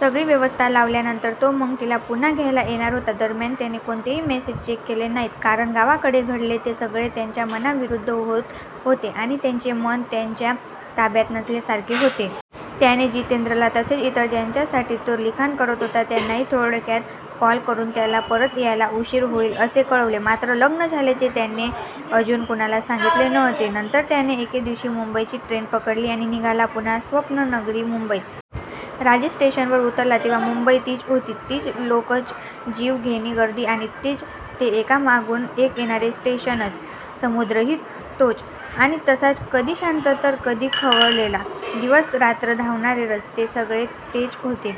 सगळी व्यवस्था लावल्यानंतर तो मग तिला पुन्हा घ्यायला येणार होता. दरम्यान त्याने कोणतेही मेसेज चेक केले नाहीत कारण गावाकडे घडले ते सगळे त्याच्या मनाविरुद्ध होत होते आणि त्याचे मन त्याच्या ताब्यात नसल्यासारखे होते. त्याने जितेंद्रला तसेच इतर ज्यांच्यासाठी तो लिखाण करत होता त्यांनाही थोडक्यात कॉल करून त्याला परत यायला उशीर होईल असे कळवले, मात्र लग्न झाल्याचे त्याने अजून कुणाला सांगितले नव्हते. नंतर त्याने एके दिवशी मुंबईची ट्रेन पकडली आणि निघाला पुन्हा स्वप्ननगरी मुंबईत. राजेश स्टेशनवर उतरला तेव्हा मुंबई तीच होती. तीच लोकलची जीवघेणी गर्दी आणि तेच ते एकामागून एक येणारे स्टेशन्स. समुद्रही तोच आणि तसाच. कधी शांत तर कधी खवळलेला. दिवसरात्र धावणारे रस्ते. सगळे तेच होते.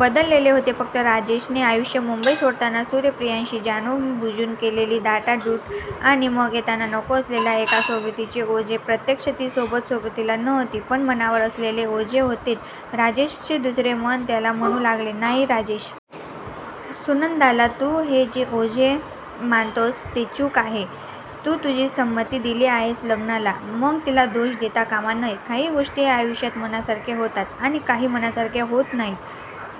बदलले होते फक्त राजेशने आयुष्य. मुंबई सोडतांना सुप्रियाशी जाणूनबुजून केलेली ताटातूट आणि मग येतांना नको असलेल्या एका सोबतीचे ओझे. प्रत्यक्ष ती सोबत सोबतीला नव्हती पण मनावर असलेले ओझे होतेच. राजेशचे दुसरे मन त्याला म्हणू लागले, नाही राजेश. सुनंदाला तू हे जे ओझे मानतोस, ते चूक आहे. तू तुझी संमती दिली आहेस लग्नाला. मग तिला दोष देता कामा नये. काही गोष्टी आयुष्यात मनासारख्या होतात आणि काही मनासारख्या होत नाहीत.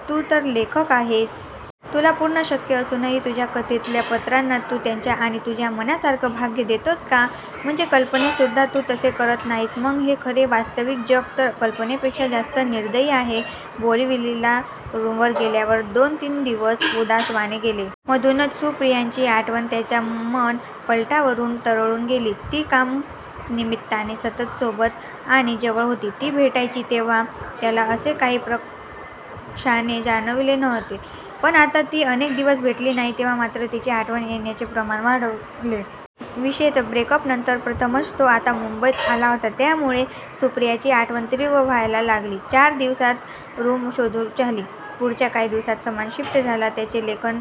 तू तर लेखक आहेस. तुला पूर्ण शक्य असूनही तुझ्या कथेतल्या पात्रांना तू त्यांच्या आणि तुझ्या मनासारखं भाग्य देतोस का? म्हणजे कल्पनेत सुद्धा तू तसे करत नाहीस मग हे खरे वास्तविक जग तर कल्पनेपेक्षा जास्त निर्दयी आहे. बोरिवलीला रूमवर गेल्यावर दोन दिवस उदासवाणे गेले. मधूनच सुप्रियाची आठवण त्याच्या मनःपटलावरून तरळून गेली. ती कामानिमित्ताने सतत सोबत आणि जवळ होती. ती भेटायची तेव्हा त्याला असे काही प्रकर्षाने जाणवले नव्हते, पण आता ती अनेक दिवस भेटली नाही तेव्हा मात्र तिची आठवण येण्याचे प्रमाण वाढले. विशेषत: ब्रेकअपनंतर प्रथमच तो आता मुंबईत आला होता त्यामुळे सुप्रियाची आठवण तीव्र व्हायला लागली. चार दिवसांत रूम शोधून झाली. पुढच्या काही दिवसांत सामान शिफ्ट झाला. त्याचे लेखन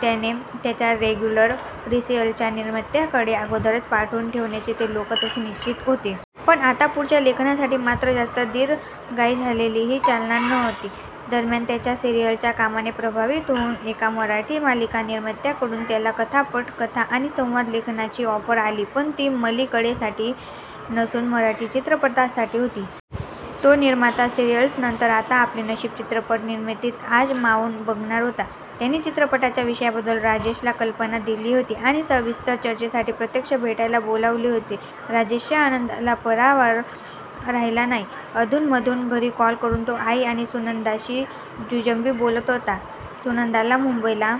त्याने त्याच्या रेग्युलर सिरियल्सच्या निर्मात्यांकडे अगोदरच पाठवून ठेवल्याने ते लोक तसे निश्चिंत होते. पण आता पुढच्या लेखनासाठी मात्र जास्त दिरंगाई झालेलीही चालणार नव्हती. दरम्यान त्याच्या सिरियलच्या कामाने प्रभावित होऊन एका मराठी मालिका निर्मात्याकडून त्याला कथा, पटकथा आणि संवाद लेखनाची ऑफर आली पण ती मालिकेसाठी नसून मराठी चित्रपटासाठी होती. तो निर्माता सिरीयलनंतर आता आपले नशीब चित्रपट निर्मितीत आजमावून बघणार होता. त्यांनी चित्रपटाच्या विषयाबद्दल राजेशला कल्पना दिली होती आणि सविस्तर चर्चेसाठी प्रत्यक्ष भेटायला बोलावले होते. राजेशच्या आनंदाला पारावार राहिला नाही. अधूनमधून घरी कॉल करून तो आई आणि सुनंदाशी जुजबी बोलत होता. सुनंदाला मुंबईला